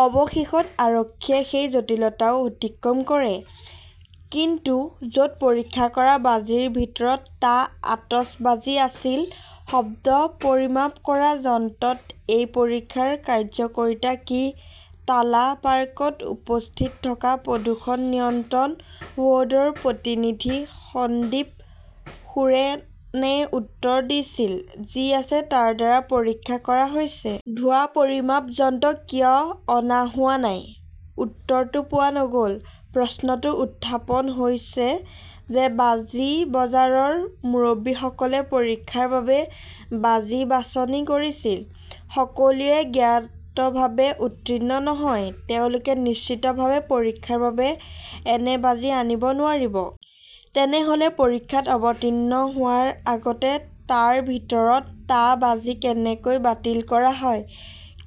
অৱশেষত আৰক্ষীয়ে সেই জটিলতাও অতিক্ৰম কৰে। কিন্তু য 'ত পৰীক্ষা কৰা বাজিৰ ভিতৰত টা আতচবাজী আছিল, শব্দ পৰিমাপ কৰা যন্ত্ৰত এই পৰীক্ষাৰ কাৰ্য্যকৰীতা কি? টালা পাৰ্কত উপস্থিত থকা প্ৰদূষণ নিয়ন্ত্ৰণ ব "ৰ্ডৰ প্ৰতিনিধি সন্দীপ সোৰেনে উত্তৰ দিছিল", যি আছে তাৰ দ্বাৰা পৰীক্ষা কৰা হৈছে। "ধোঁৱা পৰিমাপ যন্ত্ৰ কিয় অনা হোৱা নাই? উত্তৰটো পোৱা নগ "ল। প্ৰশ্নটো উত্থাপন হৈছে যে বাজি বজাৰৰ মুৰব্বীসকলে পৰীক্ষাৰ বাবে বাজি বাছনি কৰিছিল। সকলোৱে জ্ঞাতভাৱে উত্তীৰ্ণ নহয়, তেওঁলোকে নিশ্চিতভাৱে পৰীক্ষাৰ বাবে এনে বাজি আনিব নোৱাৰিব! তেনেহ "লে পৰীক্ষাত অৱতীৰ্ণ হোৱাৰ আগতে টাৰ ভিতৰত টা বাজি কেনেকৈ বাতিল কৰা হয়?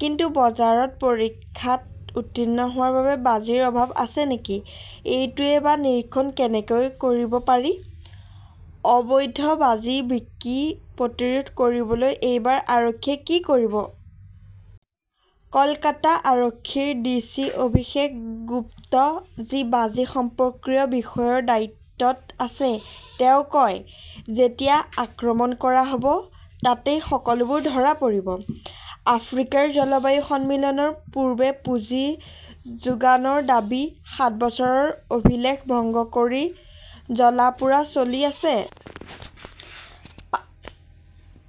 কিন্তু বজাৰত পৰীক্ষাত উত্তীৰ্ণ হোৱাৰ বাবে বাজিৰ অভাৱ আছে নেকি? এইটোৱেই বা নিৰীক্ষণ কেনেকৈ কৰিব পাৰি? অবৈধ বাজি বিক্ৰী প্ৰতিৰোধ কৰিবলৈ এইবাৰ আৰক্ষীয়ে কি কৰিব? কলকাতা আৰক্ষীৰ ডিচি অভিষেক গুপ্ত, যি বাজি সম্পৰ্কীয় বিষয়ৰ দায়িত্বত আছে, তেওঁ কয়," যেতিয়াই আক্ৰমণ কৰা হ "ব। তাতেই সকলোবোৰ ধৰা পৰিব। "। আফ্ৰিকাৰ জলবায়ু সন্মিলনৰ পূৰ্বে পুঁজি যোগানৰ দাবী সাত বছৰৰ অভিলেখ ভংগ কৰি জ্বলা-পোৰা চলি আছে।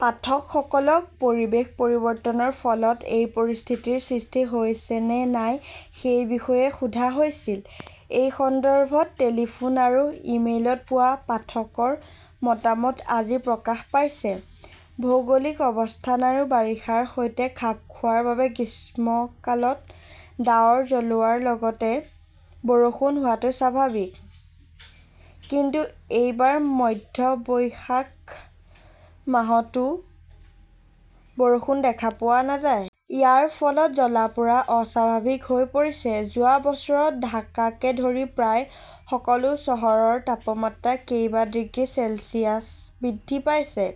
পাঠকসকলক পৰিৱেশ পৰিৱৰ্তনৰ ফলত এই পৰিস্থিতিৰ সৃষ্টি হৈছে নে নাই সেই বিষয়ে সোধা হৈছিল। এই সন্দৰ্ভত টেলিফোন আৰু ইমেইলত পোৱা পাঠকৰ মতামত আজি প্ৰকাশ পাইছে। ভৌগোলিক অৱস্থান আৰু বাৰিষাৰ সৈতে খাপ খোৱাৰ বাবে গ্ৰীষ্মকালত ডাৱৰ জ্বলোৱাৰ লগতে বৰষুণ হোৱাটো স্বাভাৱিক, কিন্তু এইবাৰ মধ্য বৈশাখ মাহতও বৰষুণ দেখা পোৱা নাযায়। ইয়াৰ ফলত জ্বলা-পোৰা অস্বাভাৱিক হৈ পৰিছে। যোৱা বছৰত ঢাকাকে ধৰি প্ৰায় সকলো চহৰৰ তাপমাত্ৰা কেইবা ডিগ্ৰী চেলছিয়াছ বৃদ্ধি পাইছে।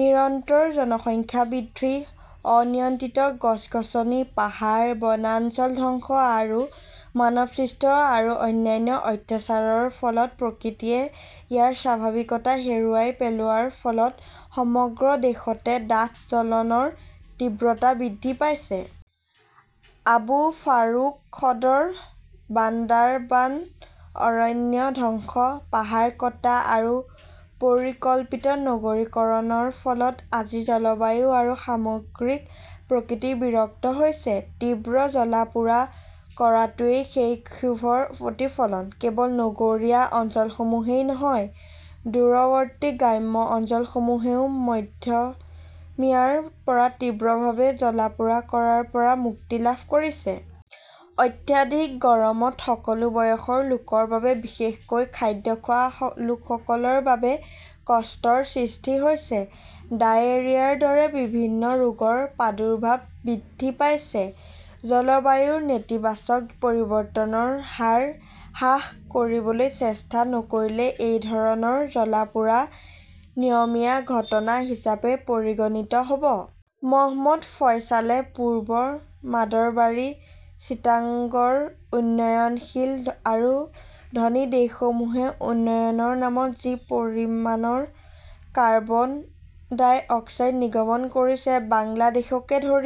নিৰন্তৰ জনসংখ্যা বৃদ্ধি, অনিয়ন্ত্ৰিত গছ-গছনি, পাহাৰ, বনাঞ্চল ধ্বংস আৰু মানৱসৃষ্ট আৰু অন্যান্য অত্যাচাৰৰ ফলত প্ৰকৃতিয়ে ইয়াৰ স্বাভাৱিকতা হেৰুৱাই পেলোৱাৰ ফলত সমগ্ৰ দেশতে ডাঠ জ্বলনৰ তীব্ৰতা বৃদ্ধি পাইছে। আবু ফাৰুক সদৰ, বান্দাৰবান অৰণ্য ধ্বংস, পাহাৰ কটা আৰু পৰিকল্পিত নগৰীকৰণৰ ফলত আজি জলবায়ু আৰু সামগ্ৰিক প্ৰকৃতি বিৰক্ত হৈছে। তীব্ৰ জ্বলা-পোৰা কৰাটোৱেই সেই ক্ষোভৰ প্ৰতিফলন। কেৱল নগৰীয়া অঞ্চলসমূহেই নহয়, দূৰৱৰ্তী গ্ৰাম্য অঞ্চলসমূহেও মধ্যমীয়াৰ পৰা তীব্ৰভাৱে জ্বলা-পোৰা কৰাৰ পৰা মুক্তি লাভ কৰিছে। অত্যাধিক গৰমত সকলো বয়সৰ লোকৰ বাবে বিশেষকৈ খাদ্য খোৱা লোকসকলৰ বাবে কষ্টৰ সৃষ্টি হৈছে। ডায়েৰিয়াৰ দৰে বিভিন্ন ৰোগৰ প্ৰাদুৰ্ভাৱ বৃদ্ধি পাইছে। জলবায়ুৰ নেতিবাচক পৰিৱৰ্তনৰ হাৰ হ্ৰাস কৰিবলৈ চেষ্টা নকৰিলে এই ধৰণৰ জ্বলা-পোৰা নিয়মীয়া ঘটনা হিচাপে পৰিগণিত হ "ব। মহম্মদ ফয়ছালে পূব মাদৰবাৰী, চিটাগংৰ উন্নয়নশীল আৰু ধনী দেশসমূহে উন্নয়নৰ নামত যি পৰিমাণৰ কাৰ্বন ডাই অক্সাইড নিৰ্গমন কৰিছে, বাংলাদেশকে ধৰি